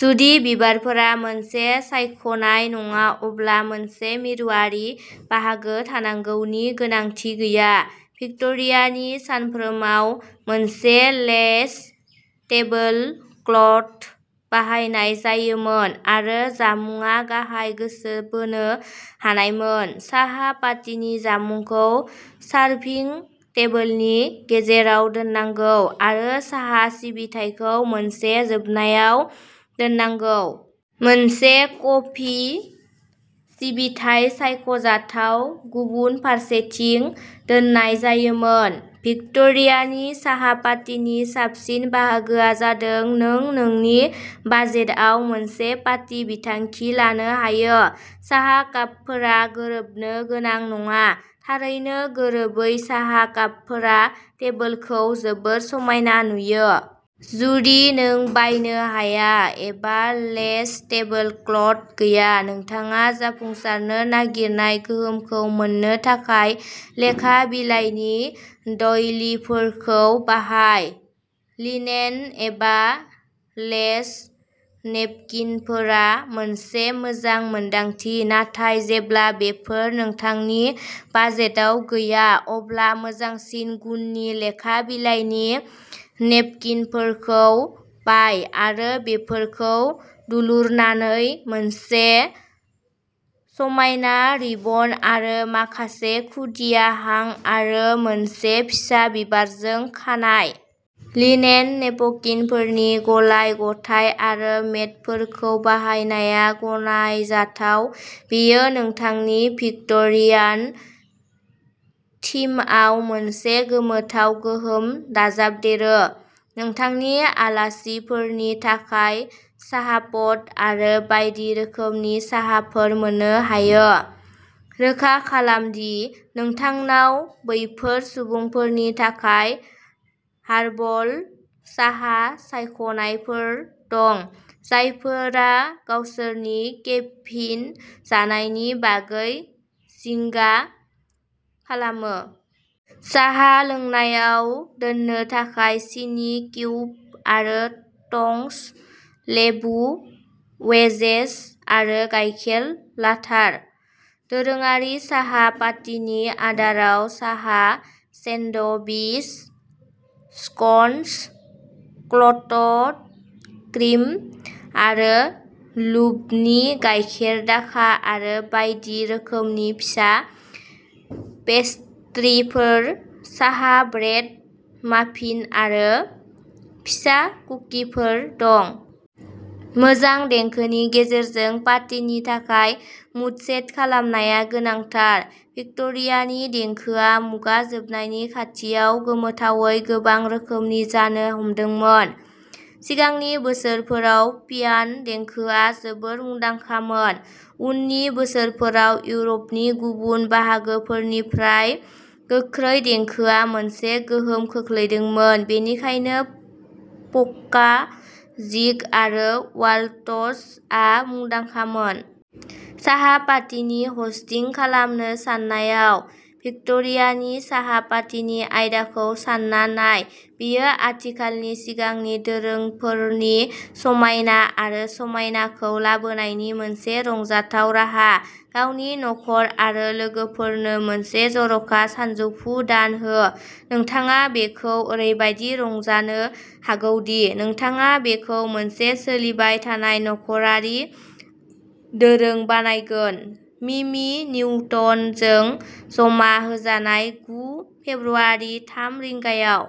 जुदि बिबारफोरा मोनसे सायख'नाय नङा अब्ला मोनसे मिरुआरि बाहागो थानांगौनि गोनांथि गैया। भिक्ट'रियानि सानफ्रोमाव मोनसे लेस टेबोलक्लथ बाहायनाय जायोमोन आरो जामुंआ गाहाय गोसो बोनो हानायमोन। साहा पार्टीनि जामुंखौ सारभिं टेबोलनि गेजेराव दोननांगौ आरो साहा सिबिथायखौ मोनसे जोबनायाव दोननांगौ। मोनसे कफि सिबिथाइ, सायख'जाथाव, गुबुन फारसेथिं दोननाय जायोमोन। भिक्ट'रियानि साहा पार्टीनि साबसिन बाहागोआ जादों नों नोंनि बाजेटआव मोनसे पार्टी बिथांखि लानो हायो। साहा कापफोरा गोरोबनो गोनां नङा। थारैनो गोरोबै साहा कापफोरा टेबोलखौ जोबोद समायना नुयो। जुदि नों बायनो हाया एबा लेस टेबोलक्लथ गैया नोंथाङा जाफुंसारनो नागिरनाय गोहोमखौ मोन्नो थाखाय लेखा बिलाइनि डइलिफोरखौ बाहाय। लिनेन एबा लेस नेपकिनफोरा मोनसे मोजां मोनदांथि नाथाय जेब्ला बेफोर नोंथांनि बाजेटाव गैया अब्ला मोजांसिन गुननि लेखा बिलाइनि नेपकिनफोरखौ बाय आरो बेफोरखौ दुलुरनानै मोनसे समायना रिबन आरो माखासे खुदिया हां आरो मोनसे फिसा बिबारजों खानाय। लिनेन नेप'किनफोरनि गलाय-गथाय आरो मेटफोरखौ बाहायनाया गनायजाथाव। बेयो नोंथांनि भिक्ट'रियान थीमआव मोनसे गोमोथाव गोहोम दाजाबदेरो। नोंथांनि आलासिफोरनि थाखाय साहाप'ट आरो बायदि रोखोमनि साहाफोर मोन्नो हायो। रोखा खालाम दि नोंथांनाव बैफोर सुबुंफोरनि थाखाय हार्बल साहा सायख'नायफोर दं जायफोरा गावसोरनि केफिन जानायनि बागै जिंगा खालामो। साहा लोंनायाव दोननो थाखाय सिनि किउब आरो टंस, लेबु वेजेस आरो गायखेर लाथार। दोरोङारि साहा पार्टिनि आदाराव साहा सेन्ड'विच, स्कन्स, क्ल'ट्ड क्रिम आरो लुबुनि गाइखेरदाखा आरो बायदि रोखोमनि फिसा पेस्ट्रीफोर साहा ब्रेड, माफिन आरो फिसा कुकिफोर दं। मोजां देंखोनि गेजेरजों पार्टिनि थाखाय मुड सेट खालामनाया गोनांथार। भिक्ट'रियानि देंखोआ मुगा जोबनायनि खाथियाव गोमोथावै गोबां रोखोमनि जानो हमदोंमोन। सिगांनि बोसोरफोराव पियान देंखोआ जोबोद मुंदांखामोन। उननि बोसोरफोराव, इउर'पनि गुबुन बाहागोफोरनिफ्राय गोख्रै देंखोआ मोनसे गोहोम खोख्लैदोंमोन, बेनिखायनो पका, जिग आरो वाल्ट्जआ मुंदांखामोन। साहा पाटिनि हस्टिं खालामनो साननायाव, भिक्ट'रियानि साहा पाटिनि आयदाखौ सान्ना नाय। बेयो आथिखालनि सिगांनि दोरोंफोरनि समायना आरो समायनाखौ लाबोनायनि मोनसे रंजाथाव राहा। गावनि न'खर आरो लोगोफोरनो मोनसे जर'खा सानजौफु दान हो। नोंथाङा बेखौ ओरैबादि रंजानो हागौ दि नोंथाङा बेखौ मोनसे सोलिबाय थानाय नख'रारि दोरों बानायगोन। मिमि निउटनजों जमा होजानाय, गु फेब्रुआरि थाम रिंगायाव।